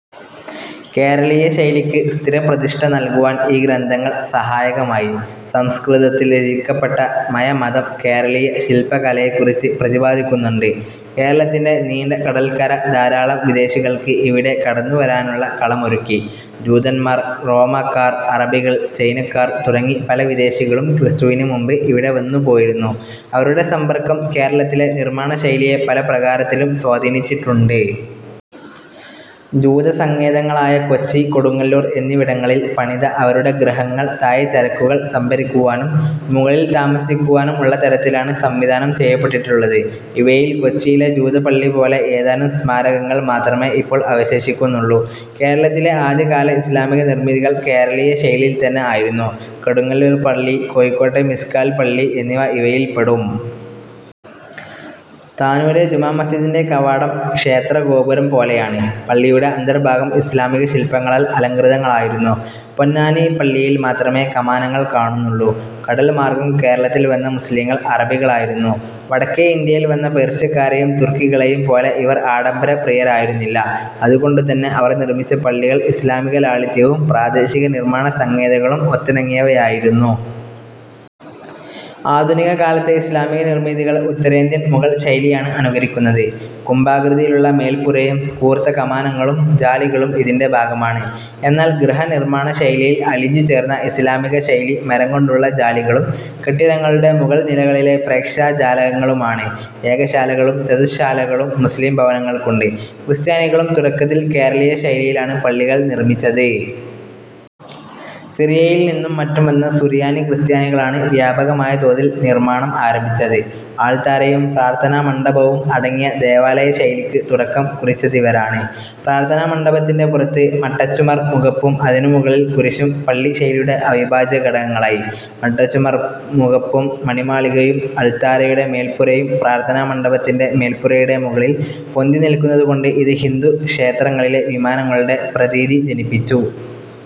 കേരളീയ ശൈലിക്ക് സ്ഥിരപ്രതിഷ്ഠ നല്കുവാൻ ഈ ഗ്രന്ഥങ്ങൾ സഹായകമായി. സംസ്കൃതത്തിൽ രചിക്കപ്പെട്ട മയമതം കേരളീയ ശില്പകലയെക്കുറിച്ച് പ്രതിപാദിക്കുന്നുണ്ട്. കേരളത്തിന്റെ നീണ്ട കടൽക്കര ധാരാളം വിദേശികൾക്ക് ഇവിടെ കടന്നുവരാനുള്ള കളമൊരുക്കി. ജൂതന്മാർ, റോമാക്കാർ, അറബികൾ, ചൈനക്കാർ തുടങ്ങി പല വിദേശികളും ക്രിസ്തുവിന് മുമ്പ് ഇവിടെ വന്നുപോയിരുന്നു. അവരുടെ സമ്പർക്കം കേരളത്തിലെ നിർമ്മാണശൈലിയെ പല പ്രകാരത്തിലും സ്വാധീനിച്ചിട്ടുണ്ട്. ജൂതസങ്കേതങ്ങളായ കൊച്ചി, കൊടുങ്ങല്ലൂർ എന്നിവിടങ്ങളിൽ പണിത അവരുടെ ഗൃഹങ്ങൾ താഴെ ചരക്കുകൾ സംഭരിക്കുവാനും മുകളിൽ താമസിക്കുവാനും ഉള്ള തരത്തിലാണ് സംവിധാനം ചെയ്യപ്പെട്ടിട്ടുള്ളത്. ഇവയിൽ കൊച്ചിയിലെ ജൂതപ്പള്ളിപോലെ ഏതാനും സ്മാരകങ്ങൾ മാത്രമേ ഇപ്പോൾ അവശേഷിക്കുന്നുള്ളൂ. കേരളത്തിലെ ആദ്യകാല ഇസ്ലാമിക നിർമിതികൾ കേരളീയ ശൈലിയിൽത്തന്നെ ആയിരുന്നു. കൊടുങ്ങല്ലൂർ പള്ളി, കോഴിക്കോട്ടെ മിസ്കാൽ പള്ളി എന്നിവ ഇവയിൽപ്പെടും. താനൂരെ ജുമാ മസ്ജിദിന്റെ കവാടം ക്ഷേത്രഗോപുരം പോലെയാണ്. പള്ളിയുടെ അന്തർഭാഗം ഇസ്ലാമിക ശില്പങ്ങളാൽ അലംകൃതങ്ങളായിരുന്നു. പൊന്നാനി പള്ളിയിൽ മാത്രമേ കമാനങ്ങൾ കാണുന്നുള്ളൂ. കടൽമാർഗ്ഗം കേരളത്തിൽവന്ന മുസ്ലീങ്ങൾ അറബികളായിരുന്നു. വടക്കേ ഇന്ത്യയിൽ വന്ന പേർഷ്യക്കാരേയും തുർക്കികളേയുംപോലെ ഇവർ ആഡംബര പ്രിയരായിരുന്നില്ല. അതുകൊണ്ടുതന്നെ അവർ നിർമിച്ച പള്ളികൾ ഇസ്ലാമിക ലാളിത്യവും പ്രാദേശിക നിർമ്മാണസങ്കേതങ്ങളും ഒത്തിണങ്ങിയവയായിരുന്നു. ആധുനിക കാലത്തെ ഇസ്ലാമിക നിർമിതികൾ ഉത്തരേന്ത്യൻ മുഗൾശൈലിയാണ് അനുകരിക്കുന്നത്. കുംഭാകൃതിയിലുള്ള മേൽപ്പുരയും കൂർത്ത കമാനങ്ങളും ജാലികളും ഇതിന്റെ ഭാഗമാണ്. എന്നാൽ ഗൃഹനിർമ്മാണ ശൈലിയിൽ അലിഞ്ഞുചേർന്ന ഇസ്ലാമിക ശൈലി മരംകൊണ്ടുള്ള ജാലികളും കെട്ടിടങ്ങളുടെ മുകൾനിലകളിലെ പ്രേക്ഷാജാലകങ്ങളുമാണ്. ഏകശാലകളും ചതുശ്ശാലകളും മുസ്ലീം ഭവനങ്ങൾക്കുണ്ട്. ക്രിസ്ത്യാനികളും തുടക്കത്തിൽ കേരളീയ ശൈലിയിലാണ് പള്ളികൾ നിർമിച്ചത്. സിറിയയിൽ നിന്നും മറ്റും വന്ന സുറിയാനി ക്രിസ്ത്യാനികളാണ് വ്യാപകമായ തോതിൽ നിർമ്മാണം ആരംഭി ച്ചത്. അൾത്താരയും പ്രാർഥനാമണ്ഡപവും അടങ്ങിയ ദേവാലയ ശൈലിക്ക് തുടക്കം കുറിച്ചതിവരാണ്. പ്രാർഥനാമണ്ഡപത്തിന്റെ പുറത്ത് മട്ടച്ചുമർ മുഖപ്പും അതിനു മുകളിൽ കുരിശും പള്ളി ശൈലിയുടെ അവിഭാജ്യഘടകങ്ങളായി. മട്ടച്ചുമർ മുഖപ്പും മണിമാളികയും അൾത്താരയുടെ മേൽപ്പുരയും പ്രാർഥനാ മണ്ഡപത്തിന്റെ മേൽപ്പുരയുടെ മുകളിൽ പൊന്തിനില്ക്കുന്നതുകൊണ്ട് ഇത് ഹിന്ദു ക്ഷേത്രങ്ങളിലെ വിമാനങ്ങളുടെ പ്രതീതി ജനിപ്പിച്ചു.